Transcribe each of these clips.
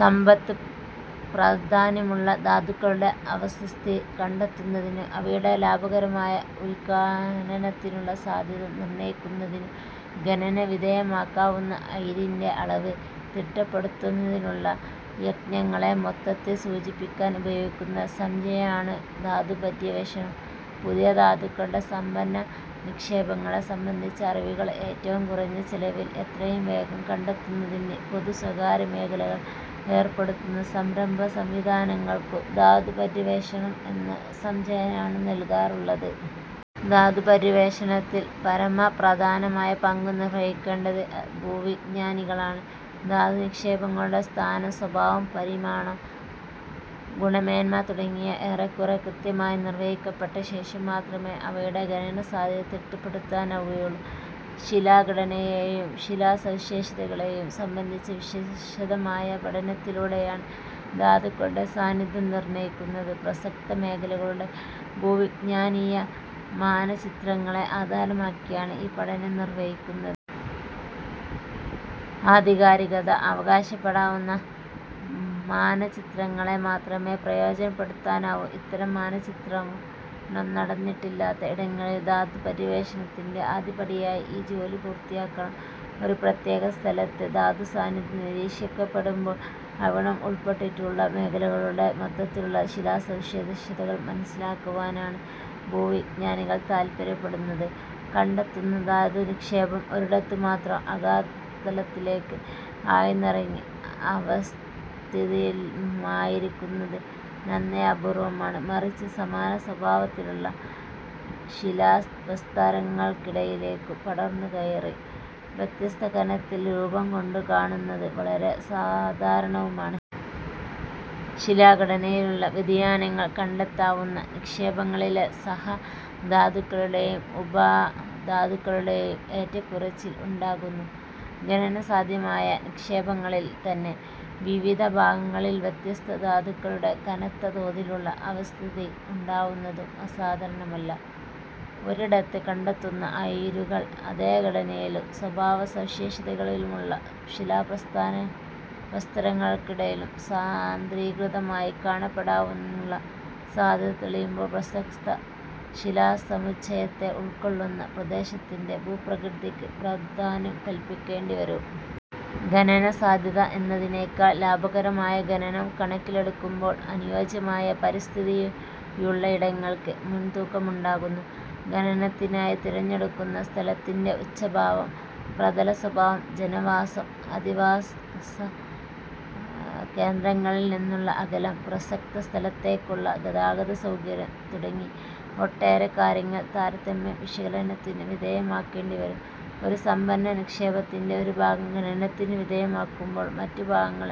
സമ്പദ്പ്രാധാന്യമുള്ള ധാതുക്കളുടെ അവസ്ഥിതി കണ്ടെത്തുന്നതിനും, അവയുടെ ലാഭകരമായ ഉത്ഖനനത്തിനുള്ള സാധ്യത നിർണയിക്കുന്നതിനും, ഖനന വിധേയമാക്കാവുന്ന അയിരിന്റെ അളവ് തിട്ടപ്പെടുത്തുന്നതിനുമുള്ള യത്നങ്ങളെ മൊത്തത്തിൽ സൂചിപ്പിക്കാൻ ഉപയോഗിക്കുന്ന സംജ്ഞയാണു് ധാതുപര്യവേക്ഷണം. പുതിയ ധാതുക്കളുടെ സമ്പന്ന നിക്ഷേപങ്ങളെ സംബന്ധിച്ച അറിവുകൾ ഏറ്റവും കുറഞ്ഞ ചെലവിൽ എത്രയും വേഗം കണ്ടെത്തുന്നതിന് പൊതു-സ്വകാര്യ മേഖലകൾ ഏർപ്പെടുത്തുന്ന സംരംഭ-സംവിധാനങ്ങൾക്കും ധാതുപര്യവേക്ഷണം എന്ന സംജ്ഞയാണു നല്കാറുള്ളത്. ധാതുപര്യവേക്ഷണത്തിൽ പരമപ്രധാനമായ പങ്കു നിർവഹിക്കേണ്ടത് ഭൂവിജ്ഞാനികളാണ്. ധാതുനിക്ഷേപങ്ങളുടെ സ്ഥാനം, സ്വഭാവം, പരിമാണം, ഗുണമേന്മ തുടങ്ങിയവ ഏറെക്കുറെ കൃത്യമായി നിർവഹിക്കപ്പെട്ടശേഷം മാത്രമേ അവയുടെ ഖനന സാധ്യത തിട്ടപ്പെടുത്താനാവുകയുള്ളൂ. ശിലാഘടനയെയും ശിലാസവിശേഷതകളെയും സംബന്ധിച്ച വിശദമായ പഠനത്തിലൂടെയാണ് ധാതുക്കളുടെ സാന്നിധ്യം നിർണയിക്കുന്നത്. പ്രസക്തമേഖലയുടെ ഭൂവിജ്ഞാനീയ മാനചിത്രങ്ങളെ ആധാരമാക്കിയാണ് ഈ പഠനം നിർവഹിക്കുന്നത്. ആധികാരികത അവകാശപ്പെടാവുന്ന മാനചിത്രങ്ങളെ മാത്രമേ പ്രയോജനപ്പെടുത്താനാവൂ; ഇത്തരം മാനചിത്രണം നടന്നിട്ടില്ലാത്ത ഇടങ്ങളിൽ ധാതുപര്യവേക്ഷണത്തിന്റെ ആദ്യപടിയായി ഈ ജോലി പൂർത്തിയാക്കണം. ഒരു പ്രത്യേക സ്ഥലത്ത് ധാതുസാന്നിധ്യം നിരീക്ഷിക്കപ്പെടുമ്പോൾ അവിടം ഉൾപ്പെട്ടിട്ടുള്ള മേഖലയുടെ മൊത്തത്തിലുള്ള ശിലാസവിശേഷതകൾ മനസ്സിലാക്കുവാനാണ് ഭൂവിജ്ഞാനികൾ താത്പര്യപ്പെടുന്നത്. കണ്ടെത്തുന്ന ധാതുനിക്ഷേപം ഒരിടത്തുമാത്രം അഗാധതലത്തിലേക്ക് ആഴ്ന്നിറങ്ങി അവസ്ഥിതമായിരിക്കുന്നത് നന്നേ അപൂർവമാണ്; മറിച്ച് സമാന സ്വഭാവത്തിലുള്ള ശിലാപ്രസ്തരങ്ങൾക്കിടയിലേക്കു പടർന്നുകയറി, വ്യത്യസ്ത കനത്തിൽ രൂപം കൊണ്ടുകാണുന്നത് വളരെ സാധാരണവുമാണ്. ശിലാഘടനയിലുള്ള വ്യതിയാനങ്ങൾ കണ്ടെത്താവുന്ന നിക്ഷേപങ്ങളിലെ സഹധാതുക്കളുടെയും ഉപധാതുക്കളുടെയും ഏറ്റക്കുറച്ചിൽ ഉണ്ടാക്കുന്നു. ഖനനസാധ്യമായ നിക്ഷേപങ്ങളിൽത്തന്നെ വിവിധ ഭാഗങ്ങളിൽ വ്യത്യസ്ത ധാതുക്കളുടെ കനത്ത തോതിലുള്ള അവസ്ഥിതി ഉണ്ടാവുന്നതും അസാധാരണമല്ല. ഒരിടത്ത് കണ്ടെത്തുന്ന അയിരുകൾ അതേ ഘടനയിലും സ്വഭാവസവിശേഷതകളിലുമുള്ള ശിലാപ്രസ്തരങ്ങൾക്കടിയിലും സാന്ദ്രീകൃതമായി കാണപ്പെടുവാനുള്ള സാധ്യത തെളിയുമ്പോൾ പ്രസക്ത ശിലാസമുച്ചയത്തെ ഉൾക്കൊള്ളുന്ന പ്രദേശത്തിന്റെ ഭൂപ്രകൃതിക്ക് പ്രാധാന്യം കല്പിക്കേണ്ടിവരും. ഖനനസാധ്യത എന്നതിനെക്കാൾ, ലാഭകരമായ ഖനനം കണക്കിലെടുക്കുമ്പോൾ അനുയോജ്യമായ പരിസ്ഥിതിയുള്ളയിടങ്ങൾക്ക് മുൻതൂക്കമുണ്ടാകുന്നു. ഖനനത്തിനായി തിരഞ്ഞെടുക്കുന്ന സ്ഥലത്തിന്റെ ഉച്ചാവചം, പ്രതല സ്വഭാവം, ജനവാസം, അധിവാസകേന്ദ്രങ്ങളിൽനിന്നുള്ള അകലം, പ്രസക്തസ്ഥലത്തേക്കുള്ള ഗതാഗത സൌകര്യം തുടങ്ങി ഒട്ടേറെ കാര്യങ്ങൾ താരതമ്യ വിശകലനത്തിനു വിധേയമാക്കേണ്ടിവരും. ഒരു സമ്പന്ന നിക്ഷേപത്തിന്റെ ഒരു ഭാഗം ഖനനത്തിനു വിധേയമാകുമ്പോൾ മറ്റു ഭാഗങ്ങൾ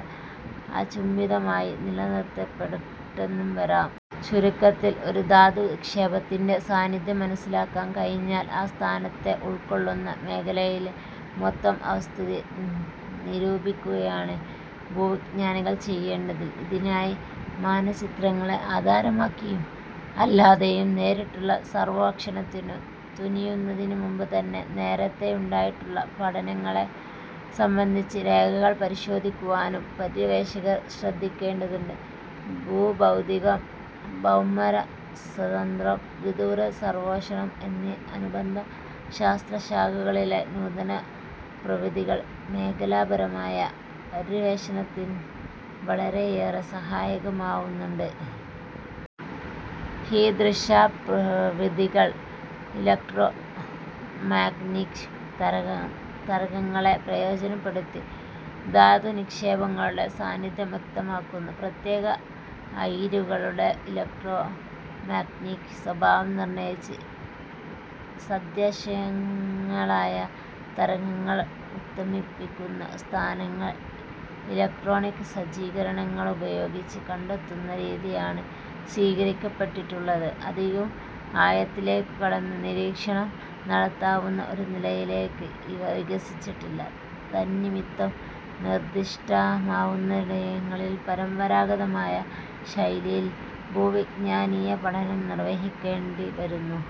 അചുംബിതമായി നിലനിർത്തപ്പെട്ടെന്നും വരാം. ചുരുക്കത്തിൽ ഒരു ധാതുനിക്ഷേപത്തിന്റെ സാന്നിധ്യം മനസ്സിലാക്കാൻ കഴിഞ്ഞാൽ ആ സ്ഥാനത്തെ ഉൾക്കൊള്ളുന്ന മേഖലയിലെ മൊത്തം അവസ്ഥിതി നിരൂപിക്കുകയാണ് ഭൂവിജ്ഞാനികൾ ചെയ്യേണ്ടത്. ഇതിനായി, മാനചിത്രങ്ങളെ ആധാരമാക്കിയും അല്ലാതെയും നേരിട്ടുള്ള സർവേഷണത്തിനു തുനിയുന്നതിനുമുമ്പുതന്നെ, നേരത്തേയുണ്ടായിട്ടുള്ള പഠനങ്ങളെ സംബന്ധിച്ച രേഖകൾ പരിശോധിക്കുവാനും പര്യവേക്ഷകർ ശ്രദ്ധിക്കേണ്ടതുണ്ട്. ഭൂഭൗതികം, ഭൗമരസതന്ത്രം, വിദൂര സർവേഷണം എന്നീ അനുബന്ധ ശാസ്ത്രശാഖകളിലെ നൂതന പ്രവിധികൾ മേഖലാപരമായ പര്യവേക്ഷണത്തിൽ വളരെയേറെ സഹായകമാകുന്നുണ്ട്. ഈദൃശ പ്രവിധികൾ ഇലക്ട്രോമാഗ്നറ്റിക് തരംഗങ്ങളെ പ്രയോജനപ്പെടുത്തി, ധാതുനിക്ഷേപങ്ങളുടെ സാന്നിധ്യം വ്യക്തമാക്കുന്നു. പ്രത്യേക അയിരുകളുടെ ഇലക്ട്രോമാഗ്നറ്റിക സ്വഭാവം നിർണയിച്ച്, സദൃശങ്ങളായ തരംഗങ്ങൾ ഉദ്വമിപ്പിക്കുന്ന സ്ഥാനങ്ങൾ ഇലക്ട്രോണിക സജ്ജീകരണങ്ങളുപയോഗിച്ചു കണ്ടെത്തുന്ന രീതിയാണ് സ്വീകരിക്കപ്പെട്ടിട്ടുള്ളത്. അധികം ആഴത്തിലേക്കു കടന്ന് നിരീക്ഷണം നടത്താവുന്ന ഒരു നിലയിലേക്ക് ഇവ വികസിച്ചിട്ടില്ല. തന്നിമിത്തം നിർദിഷ്ടമാവുന്നയിടങ്ങളിൽ പരമ്പരാഗതമായ ശൈലിയിൽ ഭൂവിജ്ഞാനീയ പഠനം നിർവഹിക്കേണ്ടിവരുന്നു.